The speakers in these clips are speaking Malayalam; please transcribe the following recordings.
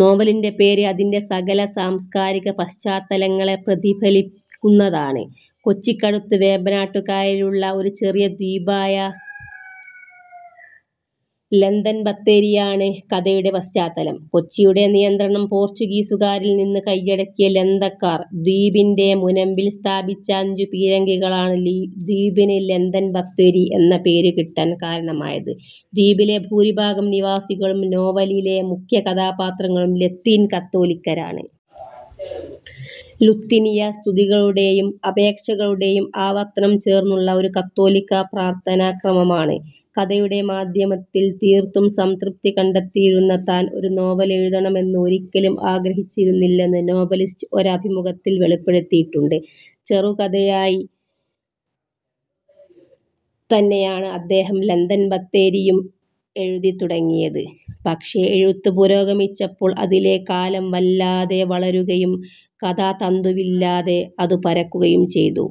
നോവലിന്റെ പേര് അതിന്റെ സ്ഥല-സാസ്കാരികപശ്ചാത്തലങ്ങളെ പ്രതിഫലിപ്പിക്കുന്നതാണ്. കൊച്ചിക്കടുത്ത് വേമ്പനാട്ടുകായലിലുള്ള ഒരു ചെറിയ ദ്വീപായ ലന്തൻ ബത്തേരിയാണ് കഥയുടെ പശ്ചാത്തലം. കൊച്ചിയുടെ നിയന്ത്രണം പോർച്ചുഗീസുകാരിൽ നിന്ന് കയ്യടക്കിയ 'ലന്തക്കാർ' ദ്വീപിന്റെ മുനമ്പിൽ സ്ഥാപിച്ച അഞ്ചു പീരങ്കികളാണ് ദ്വീപിന് ലന്തൻ ബത്തേരി എന്ന പേരു കിട്ടാൻ കാരണമായത്. ദ്വീപിലെ ഭൂരിഭാഗം നിവാസികളും നോവലിലെ മുഖ്യകഥാപാത്രങ്ങളും ലത്തീൻ കത്തോലിക്കരാണ്. 'ലുത്തിനിയ' സ്തുതികളുടേയും അപേക്ഷകളുടേയും ആവർത്തനം ചേർന്നുള്ള ഒരു കത്തോലിക്കാ പ്രാർത്ഥാനാക്രമമാണ്. കഥയുടെ മാധ്യമത്തിൽ തീർത്തും സംതൃപ്തി കണ്ടെത്തിയിരുന്ന താൻ ഒരു നോവലെഴുതണമെന്ന് ഒരിക്കലും ആഗ്രഹിച്ചിരുന്നില്ലെന്ന് നോവലിസ്റ്റ് ഒരഭിമുഖത്തിൽ വെളിപ്പെടുത്തിയിട്ടുണ്ട്. ചെറുകഥയായി തന്നെയാണ് അദ്ദേഹം ലന്തൻ ബത്തേരിയും എഴുതി തുടങ്ങിയത്. പക്ഷേ എഴുത്തു പുരോഗമിച്ചപ്പോൾ അതിലെ കാലം വല്ലാതെ വളരുകയും കഥാതന്തുവില്ലാതെ അതു പരക്കുകയും ചെയ്തു.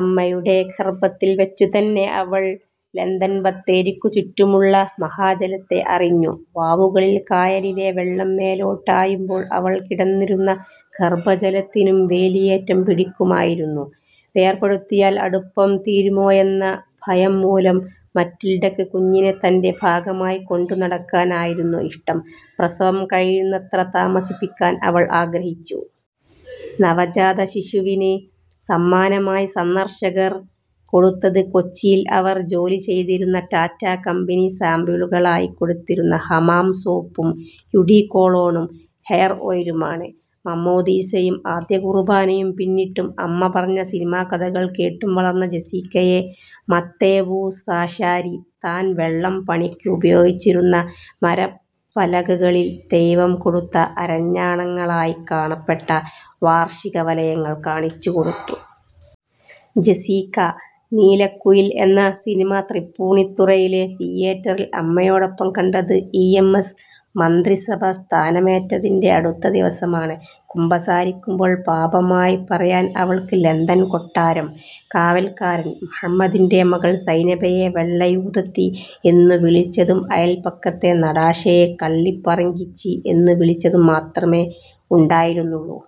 അമ്മയുടെ ഗർഭത്തിൽ വച്ചുതന്നെ അവൾ ലന്തൻബത്തേരിക്കുചുറ്റുമുള്ള മഹാജലത്തെ അറിഞ്ഞു. വാവുകളിൽ കായലിലെ വെള്ളം മേലോട്ട് ആയുമ്പോൾ അവൾ കിടന്നിരുന്ന ഗർഭജലത്തിനും വേലിയേറ്റം പിടിക്കുമായിരുന്നു. വേർപെടുത്തിയാൽ അടുപ്പം തീരുമോയെന്ന ഭയം മൂലം മറ്റിൽഡക്ക് കുഞ്ഞിനെ തന്റെ ഭാഗമായി കൊണ്ടുനടക്കാനായിരുന്നു ഇഷ്ടം. പ്രസവം കഴിയുന്നത്ര താമസിപ്പിക്കാൻ അവൾ ആഗ്രഹിച്ചു. നവജാതശിശുവിന് സമ്മാനമായി സന്ദർശകർ കൊടുത്തത് കൊച്ചിയിൽ അവർ ജോലി ചെയ്തിരുന്ന റ്റാറ്റാ കമ്പനി സാമ്പിളുകളായി കൊടുത്തിരുന്ന ഹമാം സോപ്പും, യുഡികൊളോണും, ഹെയർ ഓയിലുമാണ്. മാമ്മോദീസയും ആദ്യകുർബ്ബാനയും പിന്നിട്ടും അമ്മ പറഞ്ഞ സിനിമാക്കഥകൾ കേട്ടും വളർന്ന ജെസ്സിക്കയെ മത്തേവൂസാശാരി താൻ വള്ളം പണിക്ക് ഉപയോഗിച്ചിരുന്ന മരപ്പലകകളിൾ ദൈവം കൊടുത്ത അരഞ്ഞാണങ്ങളായി കാണപ്പെട്ട വാർഷികവലയങ്ങൾ കാണിച്ചുകൊടുത്തു. ജെസ്സിക്ക 'നീലക്കുയിൽ' എന്ന സിനിമ തൃപ്പൂണിത്തുറയിലെ തിയേറ്ററിയിൽ അമ്മയോടൊപ്പം കണ്ടത് ഇ. എം. എസ്. മന്ത്രിസഭ സ്ഥാനമേറ്റതിന്റെ അടുത്ത ദിവസമാണ്. കുമ്പസാരിക്കുമ്പോൾ പാപമായി പറയാൻ അവൾക്ക് ലന്തൻ കൊട്ടാരം കാവൽക്കാരൻ മുഹമ്മദിന്റെ മകൾ സൈനബയെ 'വെള്ളയൂദത്തി' എന്നുവിളിച്ചതും അയല്പക്കത്തെ നടാഷയെ 'കള്ളിപ്പറങ്കിച്ചി' എന്നു വിളിച്ചതും മാത്രമേ ഉണ്ടായിരുന്നുള്ളു.